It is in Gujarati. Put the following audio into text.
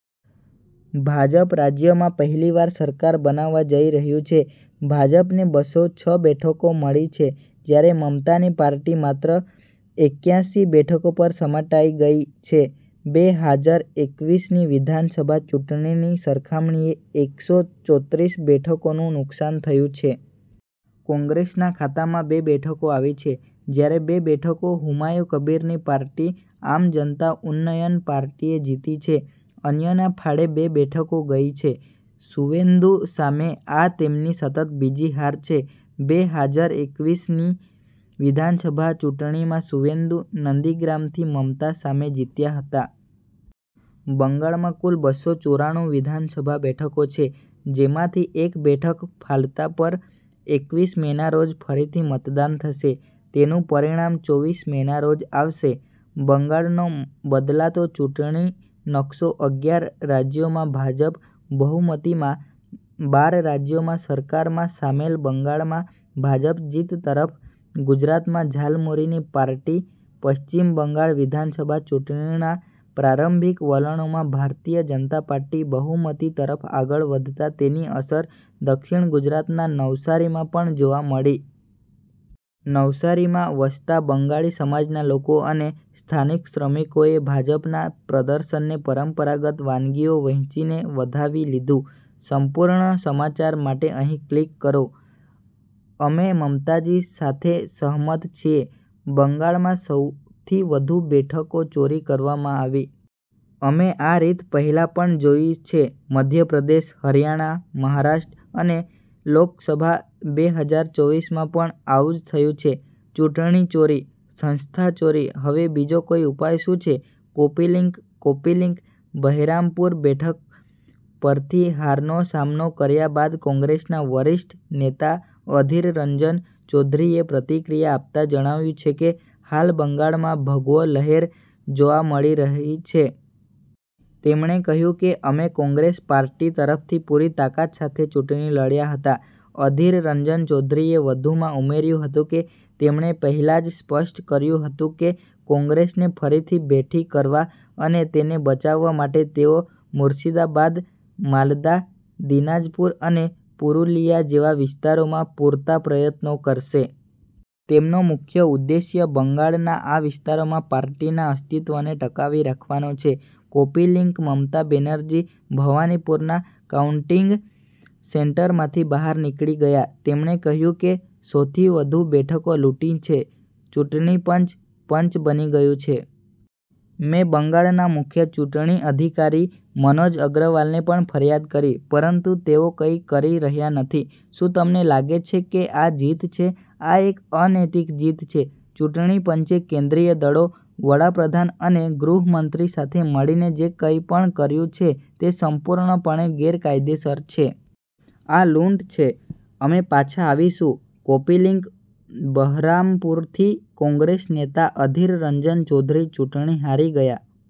ભાજપ રાજ્યમાં પહેલીવાર સરકાર બનાવવા જઈ રહ્યું છે. ભાજપને બસો છ બેઠકો મળી છે, જ્યારે મમતાની પાર્ટી માત્ર એક્યાસી બેઠકો પર સમેટાઈ ગઈ છે. બે હાજર એકવીસની વિધાનસભા ચૂંટણીની સરખામણીએ એકસો ચોત્રીસ બેઠકોનું નુકસાન થયું છે. કોંગ્રેસના ખાતામાં બે બેઠકો આવી છે, જ્યારે બે બેઠકો હુમાયુ કબીરની પાર્ટી 'આમ જનતા ઉન્નયન પાર્ટી'એ જીતી છે. અન્યના ફાળે બે બેઠકો ગઈ છે. સુવેન્દુ સામે આ તેમની સતત બીજી હાર છે. બે હાજર એકવીસ ની વિધાનસભા ચૂંટણીમાં સુવેન્દુ નંદીગ્રામથી મમતા સામે જીત્યા હતા. બંગાળમાં કુલ બસો ચોરાણું વિધાનસભા બેઠકો છે, જેમાંથી એક બેઠક ફાલતા પર એકવીસ મેના રોજ ફરીથી મતદાન થશે. તેનું પરિણામ ચોવીસ મેના રોજ આવશે. બંગાળનો બદલાતો ચૂંટણી નકશો અગિયાર રાજ્યોમાં ભાજપ બહુમતીમાં, બાર રાજ્યોમાં સરકારમાં સામેલ બંગાળમાં ભાજપ જીત તરફ, ગુજરાતમાં ઝાલમુરીની પાર્ટી પશ્ચિમ બંગાળ વિધાનસભા ચૂંટણીના પ્રારંભિક વલણોમાં ભારતીય જનતા પાર્ટી બહુમતી તરફ આગળ વધતા તેની અસર દક્ષિણ ગુજરાતના નવસારીમાં પણ જોવા મળી. નવસારીમાં વસતા બંગાળી સમાજના લોકો અને સ્થાનિક શ્રમિકોએ ભાજપના પ્રદર્શનને પરંપરાગત વાનગીઓ વહેંચીને વધાવી લીધું. સંપૂર્ણ સમાચાર માટે અહીં ક્લિક કરો.. અમે મમતાજી સાથે સહમત છીએ. બંગાળમાં સો થી વધુ બેઠકો ચોરી કરવામાં આવી. અમે આ રીત પહેલા પણ જોઈ છે- મધ્ય પ્રદેશ, હરિયાણા, મહારાષ્ટ્ર અને લોકસભા બે હાજર ચોવીસ માં પણ આવું જ થયું છે. ચૂંટણી ચોરી, સંસ્થા ચોરી હવે બીજો કોઈ ઉપાય શું છે. Copy link copy link Baharampur બેઠક પરથી હારનો સામનો કર્યા બાદ કોંગ્રેસના વરિષ્ઠ નેતા અધીર રંજન ચૌધરીએ પ્રતિક્રિયા આપતા જણાવ્યું છે કે, હાલ બંગાળમાં ભગવો લહેર જોવા મળી રહી છે. તેમણે કહ્યું કે, અમે કોંગ્રેસ પાર્ટી તરફથી પૂરી તાકાત સાથે ચૂંટણી લડ્યા હતા. અધીર રંજન ચૌધરીએ વધુમાં ઉમેર્યું હતું કે, તેમણે પહેલા જ સ્પષ્ટ કર્યું હતું કે કોંગ્રેસને ફરીથી બેઠી કરવા અને તેને બચાવવા માટે તેઓ મુર્શિદાબાદ, માલદા, દિનાજપુર અને પુરુલિયા જેવા વિસ્તારોમાં પૂરતા પ્રયત્નો કરશે. તેમનો મુખ્ય ઉદ્દેશ્ય બંગાળના આ વિસ્તારોમાં પાર્ટીના અસ્તિત્વને ટકાવી રાખવાનો છે. કૉપી લિંક મમતા બેનર્જી ભવાનીપુરના કાઉન્ટિંગ સેન્ટરમાંથી બહાર નીકળી ગયા. તેમણે કહ્યું કે, સો થી વધુ બેઠકો લૂંટી લીધી છે. ચૂંટણી પંચ, પંચ બની ગયું છે. મેં બંગાળના મુખ્ય ચૂંટણી અધિકારી મનોજ અગ્રવાલને પણ ફરિયાદ કરી. પરંતુ તેઓ કંઈ કરી રહ્યા નથી. શું તમને લાગે છે કે આ જીત છે? આ એક અનૈતિક જીત છે. ચૂંટણી પંચે કેન્દ્રીય દળો, વડાપ્રધાન અને ગૃહમંત્રી સાથે મળીને જે કંઈ પણ કર્યું છે તે સંપૂર્ણપણે ગેરકાયદેસર છે. આ લૂંટ છે, અમે પાછા આવીશું. કૉપી લિંક બહરામપુરથી કોંગ્રેસ નેતા અધીર રંજન ચૌધરી ચૂંટણી હારી ગયા.